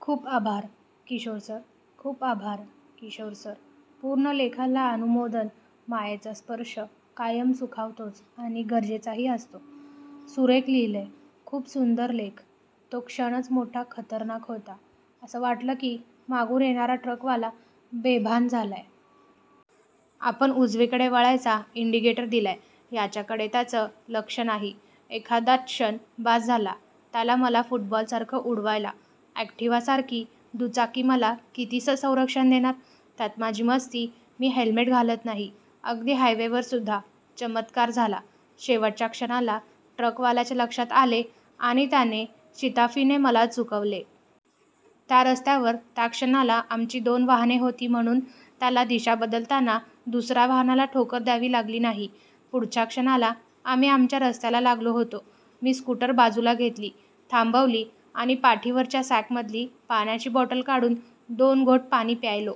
खूप आभार, किशोर सर. खूप आभार, किशोर सर. पूर्ण लेखाला अनुमोदन. मायेचा स्पर्श कायम सुखावतोच आणि गरजेचाही असतो. सुरेख लिहिलंय. खूप सुंदर लेख. तो क्षणच मोठा खतरनाक होता. असं वाटलं की मागून येणारा ट्रकवाला बेभान झालाय. आपण उजवीकडे वळायचा इंडिकेटर दिलाय याच्याकडे त्याचं लक्ष नाही. एखादाच क्षण बास झाला त्याला मला फुटबॉलसारखं उडवायला. अॅक्टिव्हासारखी दुचाकी मला कितीसं संरक्षण देणार? त्यात माझी मस्ती. मी हेल्मेट घालत नाही. अगदी हायवेवरसुद्धा. चमत्कार झाला, शेवटच्या क्षणाला ट्रकवाल्याच्या लक्षात आले आणि त्याने शिताफीने मला चुकवले. त्या रस्त्यावर त्या क्षणाला आमची दोन वाहने होती म्हणून त्याला दिशाबदलताना दुसऱ्या वाहनाला ठोकर द्यावी लागली नाही. पुढच्या क्षणाला आम्ही आमच्या रस्त्याला लागलो होतो. मी स्कूटर बाजूला घेतली. थांबवली आणि पाठीवरच्या सॅकमधली पाण्याची बाटली काढून दोन घोट पाणी प्यायलो.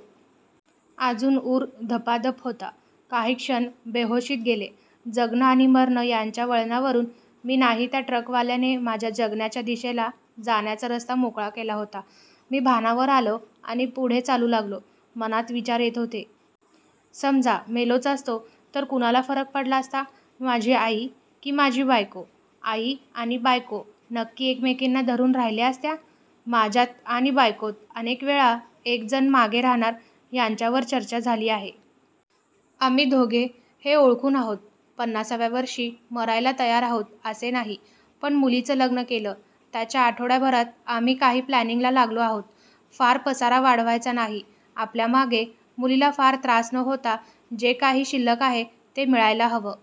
अजून उर धपापत होता. काही क्षण बेहोशीत गेले. जगणं आणि मरणं याच्या वळणावरून, मी नाही त्या ट्रकवाल्याने माझा जगण्याच्या दिशेला जाण्याचा रस्ता मोकळा केला होता. मी भानावर आलो आणि पुढे चालू लागलो. मनात विचार येत होते. समजा मेलोच असतो तर कुणाला फरक पडला असता? माझी आई की माझी बायको? आई आणि बायको नक्की एकमेकींना धरून राहिल्या असत्या. माझ्यात आणि बायकोत अनेक वेळा एक जण मागे राहणार याच्यावर चर्चा झाली आहे. आम्ही दोघे हे ओळखून आहोत. पन्नासाव्या वर्षी मरायला तयार आहोत असे नाही, पण मुलीचं लग्न केलं, त्याच्या आठवड्याभरात आम्ही काही प्लॅनिंगला लागलो आहोत. फार पसारा वाढवायचा नाही. आपल्यामागे मुलीला फार त्रास न होता जे काही शिल्लक आहे ते मिळायला हवं.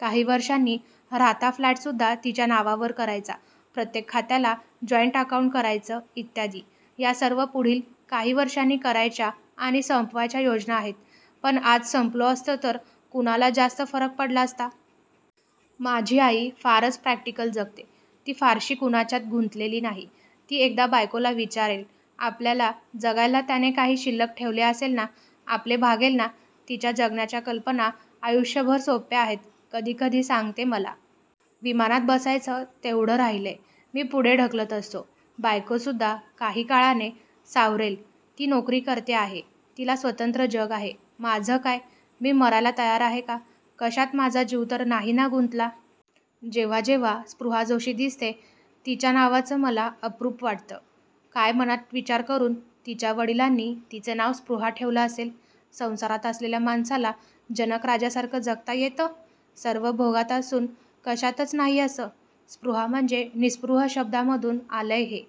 काही वर्षांनी राहता फ्लॅटसुद्धा तिच्या नावावर करायचा, प्रत्येक खात्याला जॉइंट अकाउंट करायचं इत्यादी. या सर्व पुढील काही वर्षांनी करायच्या आणि संपवायच्या योजना आहेत. पण आज संपलो असतो तर कुणाला जास्त फरक पडला असता? माझी आई फारच प्रॅक्टिकल जगते. ती फारशी कुणाच्यात गुंतलेली नाही. ती एकदा बायकोला विचारेल. आपल्याला जगायला त्याने काही शिल्लक ठेवले असेल ना? आपले भागेल ना? तिच्या जगण्याच्या कल्पना आयुष्यभर सोप्या आहेत. कधी कधी सांगते मला. विमानात बसायचं तेवढं राहिलंय. मी पुढे ढकलत असतो, बायकोसुद्धा काही काळाने सावरेल. ती नोकरी करते आहे. तिला स्वतंत्र जग आहे. माझं काय? मी मरायला तयार आहे का? कशात माझा जीव तर नाही ना गुंतला. जेव्हा जेव्हा स्पृहा जोशी दिसते, तिच्या नावाचं मला अप्रूप वाटतं. काय मनात विचार करून तिच्या वडिलांनी तिचं नाव स्पृहा ठेवलं असेल. संसारात असलेल्या माणसाला जनक राजासारखं जगता येतं? सर्व भोगात असून कशातच नाही असं? स्पृहा म्हणजे निस्पृह शब्दामधून आलंय हे.